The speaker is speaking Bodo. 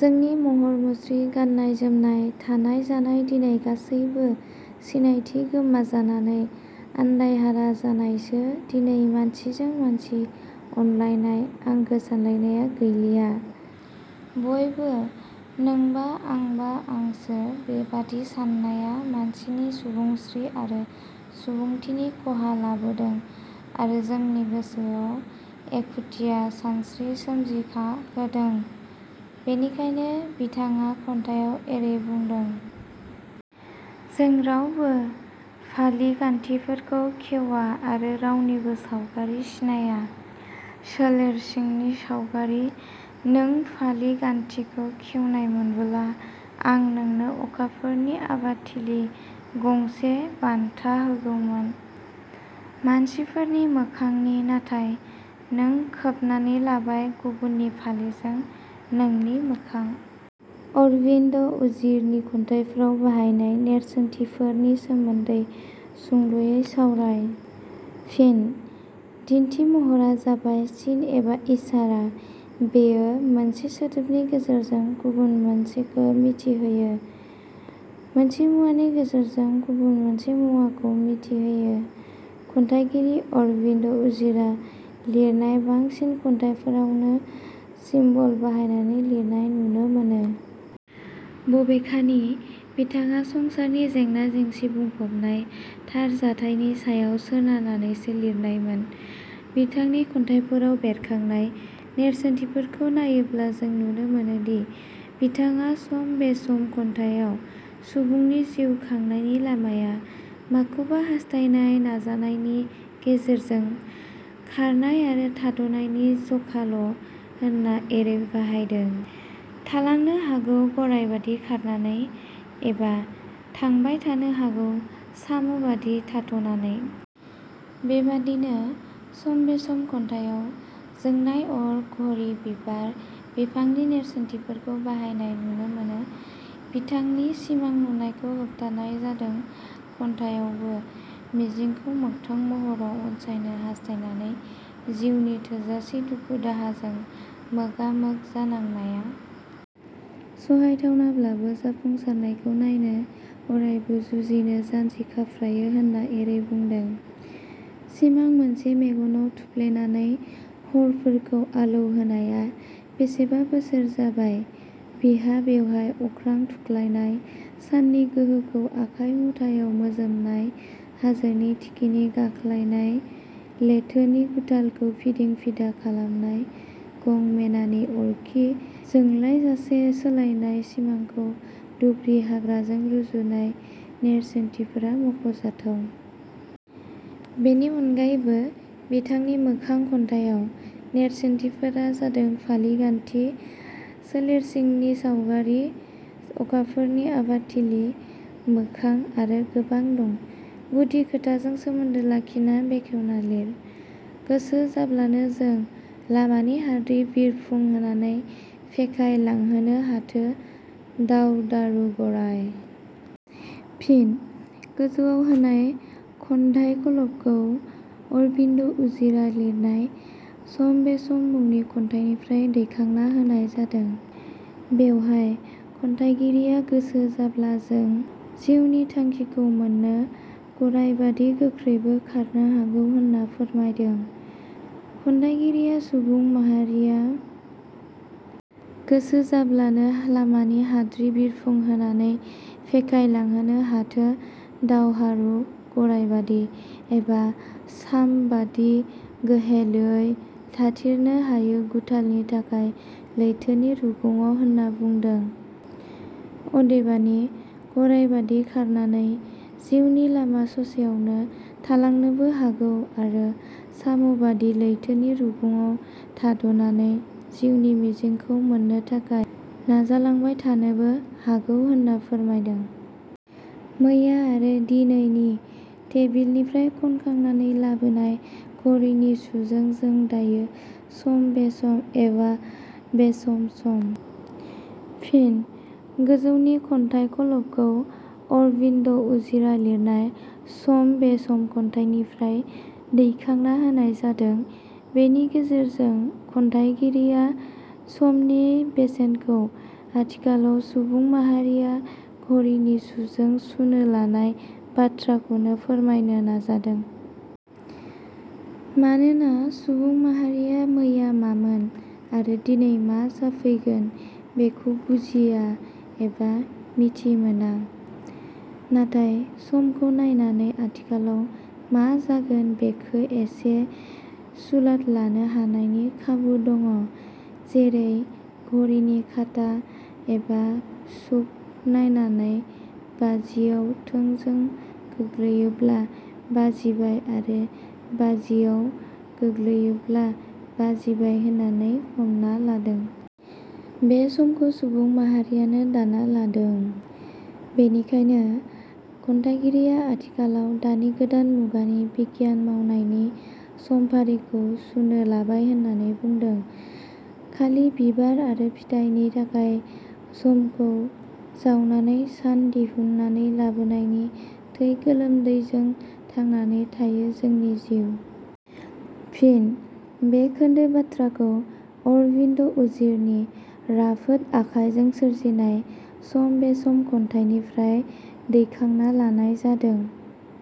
जोंनि महर मुस्रि, गाननाय जोमनाय, थानाय जानाय दिनै गासैबो सिनायथि गोमाजानानै आन्दायहारा जानायसो दिनै मानसिजों मानसि अनलायनाय, आंगो सानलायनाया गैलिया। बयबो नोंबा आंबा आंसो बेबादि साननाया मानसिनि सुबुंस्रि आरो सुबुंथिनि खहा लाबोदों आरो जोंनि गोसोआव एखुथिया सानस्रि सोमजिखाहोदों बेनिखायनो बिथाङा खन्थाइयाव एरै बुदों-। जों रावबो फालि गान्थिफोरखौ खेउवा आरो रावनिबो साउगारि सिनाया। सोलेर सिंनि साउगारि नों फालि गान्थिखौ खेवनायमोनबोला आं नोंनो अखाफोरनि आबादथिलि गंसे बान्था होगौमोन मानसिफोरनि मोखांनि नाथाय नों खोबनानै लाबाय गुबुननि फालिजों नोंनि मोखां। अरविन्द उजिरनि खन्थाइफ्राव बाहायनाय नेरसोनथिफोर नि सोमोन्दै सुंदवै सावराय। फिन: दिन्थि महरा जाबाय सिन एबा इसारा बेयो मोनसे सोदोबनि गेजेरजों गुबुन मोनसेखो मिथिहोयो। मोनसे मुवानि गेजेरजों गुबुन मोनसे मुवाखौ मिथिहोयो। खन्थाइगिरि अरबिन्द उजिरा लिरनाय बांसिन खन्थाइफोरावनो सिम्बल बाहायनानै लिरनाय नुनो मोनो। बबेखानि बिथाङा संसारनि जेंना-जेंसि बुंफबनाय थार जाथाइनि सायाव सोनारनानैसो लिरनायमोन। बिथांनि खन्थाइफोराव बेरखांनाय नेरसोनथिफोरखौ नायोब्ला जों नुनो मोनोदि बिथाङा सम बेसम' खन्थाइयाव सुबुंनि जिव खांनायनि लामाया माखौबा हास्थायनाय नाजानायनि गेजेरजों खारनाय आरो थाद'नायनि जखाल' होनना एरै बाहायदों- थालांनो हागौ गराइबादि खारनानै एबा थांबाय थानो हागौ साम 'बादि थाथ'नानै। " बेबादिनो 'सम बेसम' खन्थाइयाव जोंनाय अर घरि बिबार – बिफांनि नेरसोनथिफोरखौ बाहायनाय नुनो मोनो बिथांनि सिमां नुनायखौ होबथानाय जादों खन्थायावबो मिजिंखौ मोखथां महराव अनसायनो हास्थायनानै जिउनि थोजासे दुखु दाहाजों मोगा मोग जानांनाया सहायथावनाब्लाबो जाफुंसारनायखौ नायनो अरायबो जुजिनो जानजिखाफ्रायो होनना एरै बुंदों- "सिमां मोनसे मेगनाव थुफ्लेनानै हरफोरखौ आलौ होनाया बेसेबा बोसोर जाबाय बिहा बेवहाय अख्रां थुख्लायनाय, साननि गोहोखौ आखाय मुथायाव मोजोमनाय हाजोनि थिखिनि गाख्लायनाय, लेथोनि गुथालखौ फिदिं फिदा खालामनाय, गं मेनानि अरखि जोंलायजासे सोलायनाय सिमांखौ दुब्रि हाग्राजों रुजुनाय नेरसोनथिफोरा मखजाथाव। बेनि अनगायैबो बिथांनि 'मोखां' खन्थाइयाव नेरसोनथिफोरा जादों फालि गान्थि, सोलेरसिंनि सावगारि, अखाफोरनि आबादथिलि, मोखां आरो गोबां दं। गुदि खोथाजों सोमोन्दो लाखिना बेखेवना लिर। "गोसो जाब्लानो जों लामानि हाद्रि-बिरफुं होनानै फेखाय लांहोनो हाथो दावदारु गराइ। " फिन: गोजौआव होनाय खन्धाइ खलबखौ अरबिन्द उजिरा लिरनाय सम बेसम' मुंनि खन्थाइनिफ्राइ दैखांना होनाय जादों। बेवहाय खन्थाइगिरिया गोसो जाब्ला जों जिउनि थांखिखौ मोननो गराइबादि गोख्रैबो खारनो हागौ होनना फोरमायदों। खन्थाइगिरिया सुबुं माहारिया गोसो जाब्लानो लामानि हाद्रि बिरफुं होनानै फेखाय लांहोनो हाथो दावहारु गराइबादि एबा साम बादि गोहेलोयै थाथिरनो हायो गुथालनि थाखाय लैथोनि रुगुङाव होनना बुंदों अदेबानि गराइबादि खारनानै जिउनि लामा ससेयावनो थालांनोबो हागौ आरो साम 'बादि लैथोनि रुगुङाव थाद'नानै जिउनि मिजिंखौ मोननो थाखाय नाजालांबाय थानोबो हागौ होनना फोरमायदों। "मैया आरो दिनैनि टेबिलनिफ्राय खनखांनानै लाबोनाय धरिनि सुजों जों दायो सम-बेसम एवा बेसम सम। " फिन: गोजौनि खन्थाइ खलबखौ अरबिन्द उजिरा लिरनाय 'सम बेसम' खन्थाइनिफ्राय दैखांना होनाय जादों। बेनि गेजेरजों खन्थाइगिरिया समनि बेसेनखौ आथिखालाव सुबुं माहारिया घरिनि सुजों सुनो लानाय बाथ्राखौनो फोरमायनो नाजादों। मानोना सुबुं माहारिया मैया मामोन आरो दिनै मा जाफैगोन बेखौ बुजिया एबा मिथिमोना। नाथाय समखौ नायनानै आथिखालाव मा जागोन बेखो इसे सुलाद लानो हानायनि खाबु दङ। जेरै घरिनि काटा एबा सुख नायनानै बाजियाव थोंजों गोग्लैयोब्ला बाजिबाय आरो बाजियाव गोग्लैयोब्ला बाजिबाय होननानै हमना लादों। बे समखौ सुबुं माहारियानो दाना लादों। बेनिखायनो खन्थाइगिरिया आथिखालाव दानि गोदान मुगानि बिगियान मावनायनि समफारिखौ सुनो लाबाय होननानै बुंदों। खालि बिबार आरो फिथायनि थाखाय समखौ जावनानै सान दिहुननानै लाबोनायनि थै गोलोमदैजों थांनानै थायो जोंनि जिव। फिन: बे खोन्दो बाथ्राखौ अरबिन्द उजिरनि राफोद आखायजों सोरजिनाय 'सम बेसम' खन्थाइनिफ्राय दैखांना लानाय जादों।